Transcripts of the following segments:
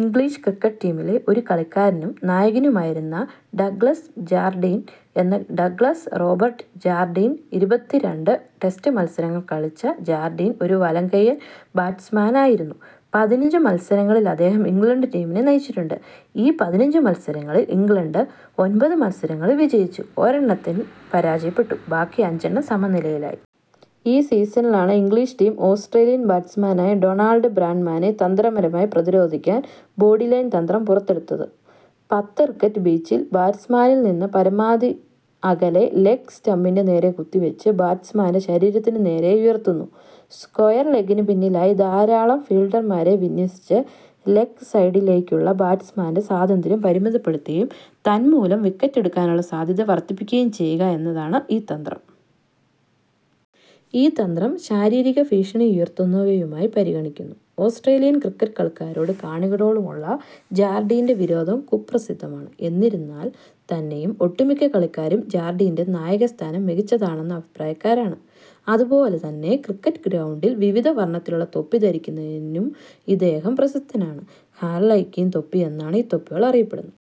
English cricket ടീമിലെ ഒരു കളിക്കാരനും നായകനുമായിരുന്നു ഡഗ്ലസ് ജാർഡീൻ എന്ന ഡഗ്ലസ് റോബർട്ട് ജാർഡീൻ. ഇരുപത്തിരണ്ട് ടെസ്റ്റ് മത്സരങ്ങൾ കളിച്ച ജാർഡീൻ ഒരു വലംകയ്യൻ ബാറ്റ്സ്മാനായിരുന്നു. പതിനഞ്ച് മത്സരങ്ങളിൽ അദ്ദേഹം ഇംഗ്ലണ്ട് ടീമിനെ നയിച്ചിട്ടുണ്ട്. ഈ പതിനഞ്ചുമത്സരങ്ങളിൽ ഇംഗ്ലണ്ട് ഒൻപത് മത്സരങ്ങൾ വിജയിച്ചു, ഒരെണ്ണത്തിൽ പരാജയപ്പെട്ടു ബാക്കി അഞ്ചെണ്ണം സമനിലയിലായി. ഈ സീസണിലാണ് ഇംഗ്ലീഷ് ടീം ഓസ്ട്രേലിയൻ ബാറ്റ്സ്മാനായ ഡൊണാൾഡ് ബ്രാഡ്മാനെ തന്ത്രപരമായി പ്രതിരോധിക്കാൻ ബോഡിലൈൻ തന്ത്രം പുറത്തെടുത്തത്. പന്ത്, ക്രിക്കറ്റ് പിച്ചിൽ ബാറ്റ്സ്മാനിൽ നിന്ന് പരമാവധി അകലെ ലെഗ് സ്റ്റമ്പിൻ്റെ നേരെ കുത്തിച്ച് ബാറ്റ്സ്മാൻ്റെ ശരീരത്തിനു നേരെയായി ഉയർത്തുന്നു. സ്ക്വയർ ലെഗ്ഗിനു പിന്നിലായി ധാരാളം ഫീൽഡർമാരെ വിന്യസിച്ച് ലെഗ് സൈഡിലേക്കുള്ള ബാറ്റ്സ്മാൻ്റെ സ്വാതന്ത്ര്യം പരിമിതപ്പെടുത്തുകയും തന്മൂലം വിക്കറ്റെടുക്കാനുള്ള സാധ്യത വർദ്ധിപ്പിക്കുകയും ചെയ്യുക എന്നതാണ് ഈ തന്ത്രം. ഈ തന്ത്രം ശാരീരിക ഭീഷണിയുയർത്തുന്നവയായി പരിഗണിക്കുന്നു. ഓസ്ട്രേലിയൻ ക്രിക്കറ്റ് കളിക്കാരോടും കാണികളോടുമുള്ള ജാർഡീൻ്റെ വിരോധം കുപ്രസിദ്ധമാണ്. എന്നിരുന്നാൽ തന്നെയും ഒട്ടുമിക്ക കളിക്കാരും ജാർഡീൻ്റെ നായകസ്ഥാനം മികച്ചതാണെന്ന അഭിപ്രായക്കാരാണ്. അതുപോലെ തന്നെ ക്രിക്കറ്റ് ഗ്രൗണ്ടിൽ വിവിധ വർണ്ണത്തിലുള്ള തൊപ്പി ധരിക്കുന്നതിലും ഇദ്ദേഹം പ്രസിദ്ധനാണ്. ഹാർലെക്വിം തൊപ്പി എന്നാണ് ഈ തൊപ്പികൾ അറിയപ്പെടുന്നത്.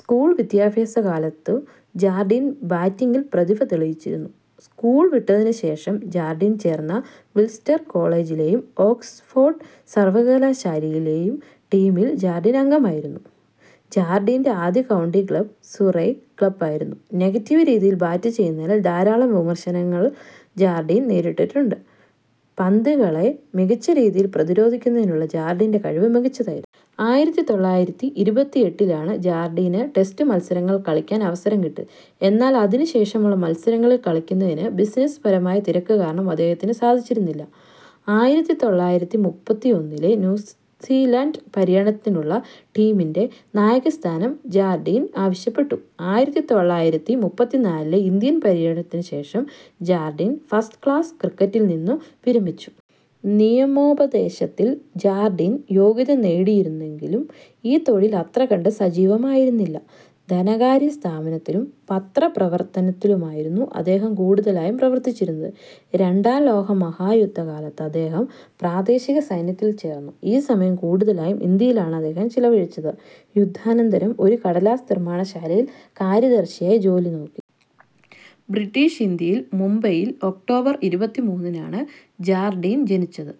സ്കൂൾ വിദ്യാഭ്യാസക്കാലത്തും ജാർഡീൻ ബാറ്റിംഗിൽ പ്രതിഭതെളിയിച്ചിരുന്നു. സ്കൂൾ വിട്ടതിനുശേഷം ജാർഡീൻ ചേർന്ന വിൻസ്റ്റർ കോളേജിലേയും ഓക്സ്ഫോർഡ് സർവകലാശാലയിലെയും ടീമിൽ ജാർഡീൻ അംഗമായിരുന്നു. ജാർഡീൻ്റെ ആദ്യ കൗണ്ടി ക്ലബ്ബ് സുറൈ ക്ലബ്ബായിരുന്നു. നെഗറ്റീവ് രീതിയിൽ ബാറ്റു ചെയ്യുന്നതിൽ ധാരാളം വിമർശനങ്ങൽ ജാർഡീൻ നേരിട്ടിട്ടുണ്ട്. പന്തുകളെ മികച്ച രീതിയിൽ പ്രതിരോധിക്കുന്നതിനുള്ള ജാർഡീൻ്റെ കഴിവ് മികച്ചതായിരുന്നു. ആയിരത്തിതൊള്ളായിരത്തിഇരുപത്തിഎട്ടിലാണ് ജാർഡീന് ടെസ്റ്റ് മത്സരങ്ങൾ കളിയ്ക്കാൻ അവസരം കിട്ടിയത്. എന്നാൽ അതിനു ശേഷമുള്ള മത്സരങ്ങളിൽ കളിക്കുന്നതിന് ബിസിനസ്സ് പരമായ തിരക്ക് കാരണം അദ്ദേഹത്തിന് സാധിച്ചിരുന്നില്ല. ആയിരത്തിതൊള്ളായിരത്തിമുപ്പത്തിഒന്നിലെ ന്യൂസിലൻഡ് പര്യടനത്തിനുള്ള ടീമിൻ്റെ നായകസ്ഥാനം ജാർഡീൻ ആവിശ്യപ്പെട്ടു. ആയിരത്തിതൊള്ളായിരത്തിമുപ്പത്തിനാലിലെ ഇന്ത്യൻ പര്യടനത്തിനു ശേഷം ജാർഡീൻ ഫസ്റ്റ് ക്ലാസ് ക്രിക്കറ്റിൽ നിന്നും വിരമിച്ചു. നിയമോപദേശത്തിൽ ജാർഡീൻ യോഗ്യത നേടിയിരുന്നെങ്കിലും ഈ തൊഴിലിൽ അത്രകണ്ട് സജീവമായിരുന്നില്ല. ധനകാര്യസ്ഥാപനത്തിലും പത്രപ്രവർത്തനത്തിലുമായിരുന്നു അദ്ദേഹം കൂടുതലായും പ്രവർത്തിച്ചിരുന്നത്. രണ്ടാം ലോകമഹായുദ്ധക്കാലത്ത് അദ്ദേഹം പ്രാദേശിക സൈന്യത്തിൽ ചേർന്നു, ഈ സമയം കൂടുതലായും ഇന്ത്യയിലാണ് അദ്ദേഹം ചിലവഴിച്ചത്. യുദ്ധാനന്തരം ഒരു കടലാസ് നിർമ്മാണ ശാലയിൽ കാര്യദർശിയായി ജോലി നോക്കി. ബ്രിട്ടീഷ് ഇന്ത്യയിൽ മുംബൈയിൽ ഒക്ടോബർ ഇരുപത്തിമൂന്നിനാണ് ജാർഡീൻ ജനിച്ചത്.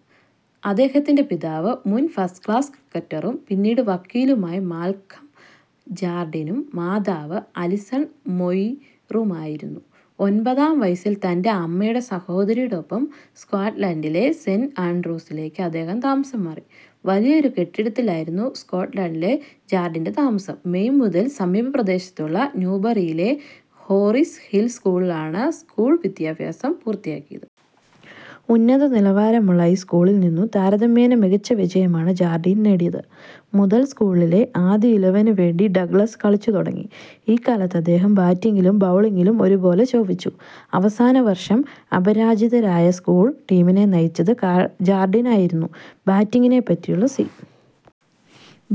അദ്ദേഹത്തിൻ്റെ പിതാവ് മുൻ ഫസ്റ്റ് ക്ലാസ് ക്രിക്കറ്ററും പിന്നീട് വക്കീലുമായ മാൽക്കം ജാർഡീനും മാതാവ് അലിസൺ മൊയിറുമായിരുന്നു. ഒൻപതാം വയസ്സിൽ തൻ്റെ അമ്മയുടെ സഹോദരിയുടെ ഒപ്പം സ്കോട്ട്ലൻ്റിലെ സെൻ്റ്. ആൻഡ്രൂസിലേക്ക് അദ്ദേഹം താമസംമാറി. വലിയൊരു കെട്ടിടത്തിലായിരുന്നു സ്കോട്ട്ലൻ്റിൽ ജാർഡീൻ്റെ താമസം, മെയ് മുതൽ സമീപ പ്രദേശത്തുള്ള ന്യൂബറിയിലെ ഹോറിസ് ഹിൽ സ്കൂളിലാണ് സ്ക്കൂൾ വിദ്യാഭ്യാസം പൂർത്തിയാക്കിയത്. ഉന്നത നിലവാരമുള്ള ഈ സ്കൂളിൽ നിന്നും താരതമ്യേനെ മികച്ച വിജയമാണ് ജാർഡീൻ നേടിയത്. മുതൽ സ്കൂളിലെ ആദ്യ ഇലവന് വേണ്ടി ഡഗ്ലസ് കളിച്ചുതുടങ്ങി, ഇക്കാലത്ത് അദ്ദേഹം ബാറ്റിംഗിലും ബൗളിംഗിലും ഒരു പോലെ ശോഭിച്ചു. അവസാന വർഷം അപരാജിതരായ സ്കൂൾ ടീമിനെ നയിച്ചത് ജാർഡീനായിരുന്നു. ബാറ്റിംഗിനെ പറ്റിയുള്ള സി.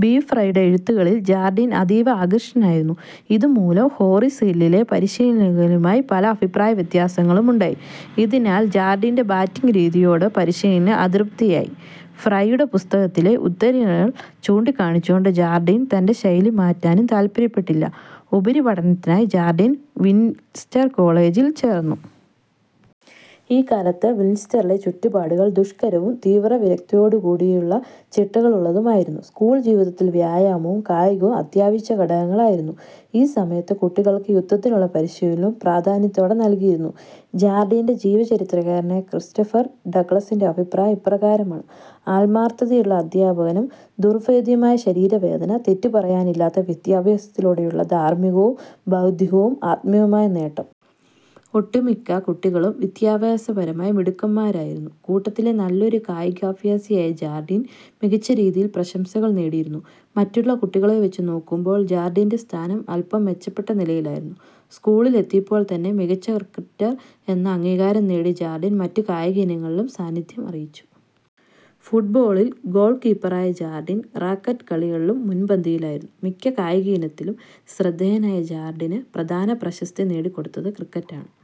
ബി. ഫ്രൈയുടെ എഴുത്തുകളിൽ ജാർഡീൻ അതീവ ആകൃഷ്ടനായിരുന്നു, ഇതു മൂലം ഹോറിസ് ഹില്ലിലെ പരിശീലകനവുമായി പല അഭിപ്രായ വ്യത്യാസങ്ങളുമുണ്ടായി. ഇതിനാൽ ജാർഡീൻ്റെ ബാറ്റിംഗ് രീതിയോട് പരീശിലകന് അതൃപ്തിയായി, ഫ്രൈയുടെ പുസ്തകത്തിലെ ഉദ്ധരണികൾ ചൂണ്ടികാണിച്ചുകൊണ്ട് ജാർഡീൻ തൻ്റെ ഈ ശൈലി മാറ്റാനും താല്പര്യപ്പെട്ടില്ല. ഉപരിപഠനത്തിനായി ജാർഡീൻ വിൻസ്റ്റർ കോളജിൽ ചേർന്നു. ഈ കാലത്തെ വിൻസ്റ്ററിലെ ചുറ്റുപാടുകൾ ദുഷ്കരവും തീവ്രവിരക്തിയോടുകൂടിയ ചിട്ടകളുള്ളതുമായിരുന്നു. സ്കൂൾ ജീവിതത്തിൽ വ്യായാമവും കായികവും അത്യാവിശ്യ ഘടകങ്ങളായിരുന്നു. ഈ സമയത്ത് കുട്ടികൾക്ക് യുദ്ധത്തിനുള്ള പരീശിലനവും പ്രാധാന്യത്തോടെ നൽകിയിരുന്നു. ജാർഡീൻ്റെ ജീവചരിത്രകാരനായ ക്രിസ്റ്റഫർ ഡഗ്ലസിൻ്റെ അഭിപ്രായം ഇപ്രകാരമാണ്, ആത്മാർത്ഥതയുളള അധ്യാപനം, ദുർഭേദ്യമായ ശരീര വേദന, തെറ്റുപറയാനില്ലാത്ത വിദ്യാഭ്യാസത്തിലൂടെയുള്ള ധാർമ്മികവും ബൗദ്ധികവും ആദ്ധ്യാത്മികവുമായ നേട്ടം. ഒട്ടുമിക്ക കുട്ടികളും വിദ്യാഭ്യാസപരമായി മിടുക്കരായിരുന്നു, കൂട്ടത്തിലെ നല്ലൊരു കായികാഭ്യാസിയായ ജാർഡീൻ മികച്ച രീതിയിൽ പ്രശംസകൾ നേടിയിരുന്നു. മറ്റുള്ള കുട്ടികളെ വച്ച് നോക്കുമ്പോൾ ജാർഡീൻ്റെ സ്ഥാനം അല്പം മെച്ചപ്പെട്ട നിലയിലായിരുന്നു. സ്കൂളിൽ എത്തിയപ്പോൾ തന്നെ മികച്ച ക്രിക്കറ്റർ എന്ന അംഗീകരാം നേടിയ ജാർഡീൻ മറ്റു കായിക ഇനങ്ങളിലും സാനിധ്യം അറിയിച്ചു. ഫുട്ബോളിൽ ഗ്ഗോൾകിപ്പറായ ജാർഡീൻ റാക്കറ്റ് കളികളിലും മുൻപന്തിയിലായിരുന്നു. മിക്ക കായിക ഇനത്തിലും ശ്രദ്ധേയനായ ജാർഡിന് പ്രധാന പ്രശസ്തിനേടികൊടുത്തത് ക്രിക്കറ്റാണ്.